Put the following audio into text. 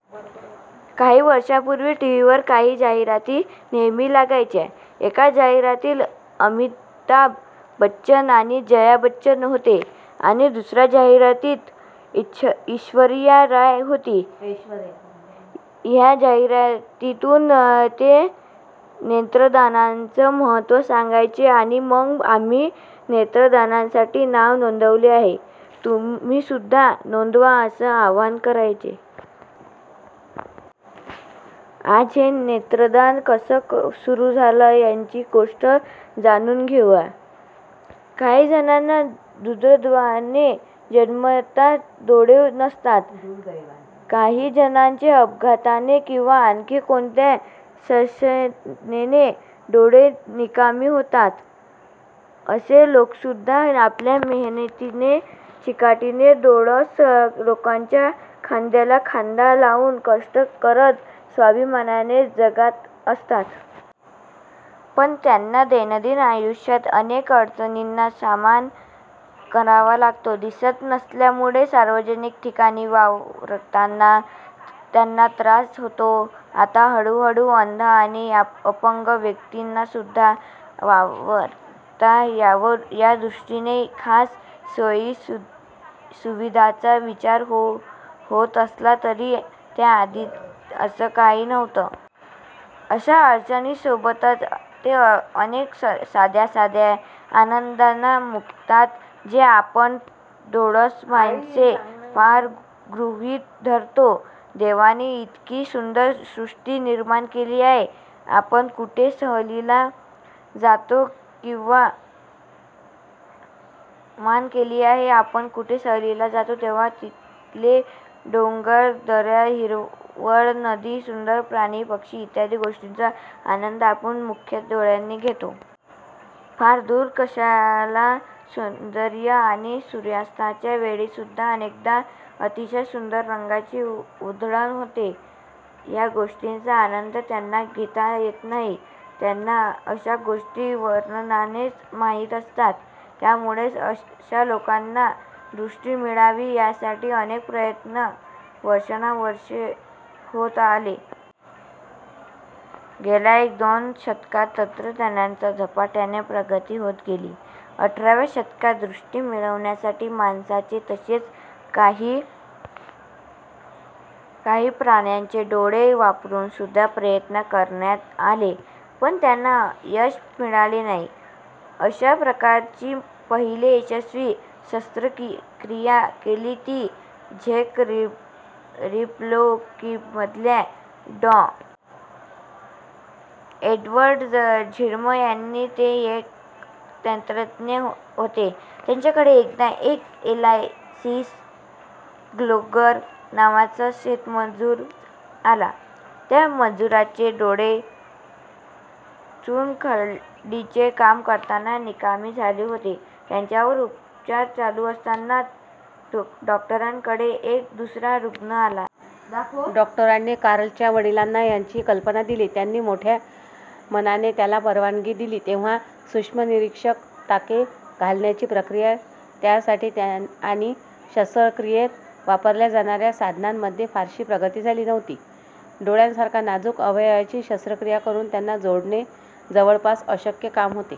काही वर्षांपूर्वी टीव्हीवर काही जाहिराती नेहमी लागायच्या. एका जाहिरातीत अमिताभ बच्चन आणि जया बच्चन होते आणि दुसऱ्या जाहिरातीत ऐश्वर्या राय होती. ह्या जाहिरातीतून ते नेत्रदानाचं महत्व सांगायचे आणि मग आम्ही नेत्रदानासाठी नाव नोंदवलं आहे, तुम्हीसुद्धा नोंदवा असं आव्हान करायचे. आज हे नेत्रदान कसं सुरु झालं याची गोष्ट जाणून घेऊया. काही जणांना दुर्दैवाने जन्मतः डोळे नसतात, किंवा काही जणांचे अपघाताने किंवा आणखी कोणत्या समस्येने डोळे निकामी होतात. असे लोकसुद्धा आपल्या मेहनतीने, चिकाटीने डोळस लोकांच्या खांद्याला खांदा लावून कष्ट करत स्वाभिमानाने जगात असतात. पण त्यांना दैनंदिन आयुष्यात अनेक अडचणींचा सामना करावा लागतो. दिसत नसल्यामुळे सार्वजनिक ठिकाणी वावरताना त्यांना त्रास होतो. आता हळूहळू अंध आणि अपंग व्यक्तींनासुद्धा वावरता यावं यादृष्टीने खास सोयी सुविधांचा विचार होत असला तरी त्याआधी असं काही नव्हतं. अशा अडचणींसोबतच ते अनेक साध्या साध्या आनंदांना मुकतात जे आपण डोळस माणसे फार गृहीत धरतो. देवाने इतकी सुंदर सृष्टी निर्माण केली आहे. आपण कुठे सहलीला जातो तेव्हा तिथले डोंगर, दऱ्या, हिरवळ, नदी, सुंदर प्राणी पक्षी इत्यादी गोष्टींचा आनंद आपण मुख्यतः डोळ्यांनी घेतो. फार दूर कशाला, सूर्योदय आणि सूर्यास्ताच्या वेळीसुद्धा अनेकदा अतिशय सुंदर रंगांची उधळण होते. ह्या गोष्टींचा आनंद त्यांना घेता येत नाही. त्यांना अशा गोष्टी वर्णनानेच माहित असतात. त्यामुळेच अशा लोकांना दृष्टी मिळावी यासाठी अनेक प्रयत्न वर्षानुवर्षे होत आले. गेल्या एक दोन शतकात तंत्रज्ञानात झपाट्याने प्रगती होत गेली. अठराव्या शतकात दृष्टी मिळवण्यासाठी माणसांचे, तसेच काही प्राण्यांचे डोळे वापरून सुद्धा प्रयत्न करण्यात आले, पण त्यांना यश मिळाले नाही. अशा प्रकारची पहिली यशस्वी शस्त्रक्रिया केली ती झेक रिपब्लिकमधल्या डॉ. एडवर्ड झिर्म यांनी. ते एक नेत्रतज्ञ होते. त्यांच्याकडे एकदा एक ऍलॉईस ग्लोगर नावाचा शेतमजूर आला. त्या मजुरांचे डोळे चुनखडीचे काम करताना निकामी झाले होते. त्याच्यावर उपचार चालू असतानाच डॉक्टरांकडे एक दुसरा रुग्ण आला. डॉक्टरांनी कार्लच्या वडिलांना ह्याची कल्पना दिली. त्यांनी मोठ्या मनाने ह्याला परवानगी दिली. तेव्हा सूक्ष्मनिरीक्षक, टाके घालण्याची प्रक्रिया, त्यासाठी आणि शस्त्रक्रियेत वापरल्या जाणाऱ्या साधनांमध्ये फारशी प्रगती झाली नव्हती. डोळ्यासारखा नाजूक अवयवाची शस्त्रक्रिया करून त्यांना जोडणे जवळपास अशक्य काम होते.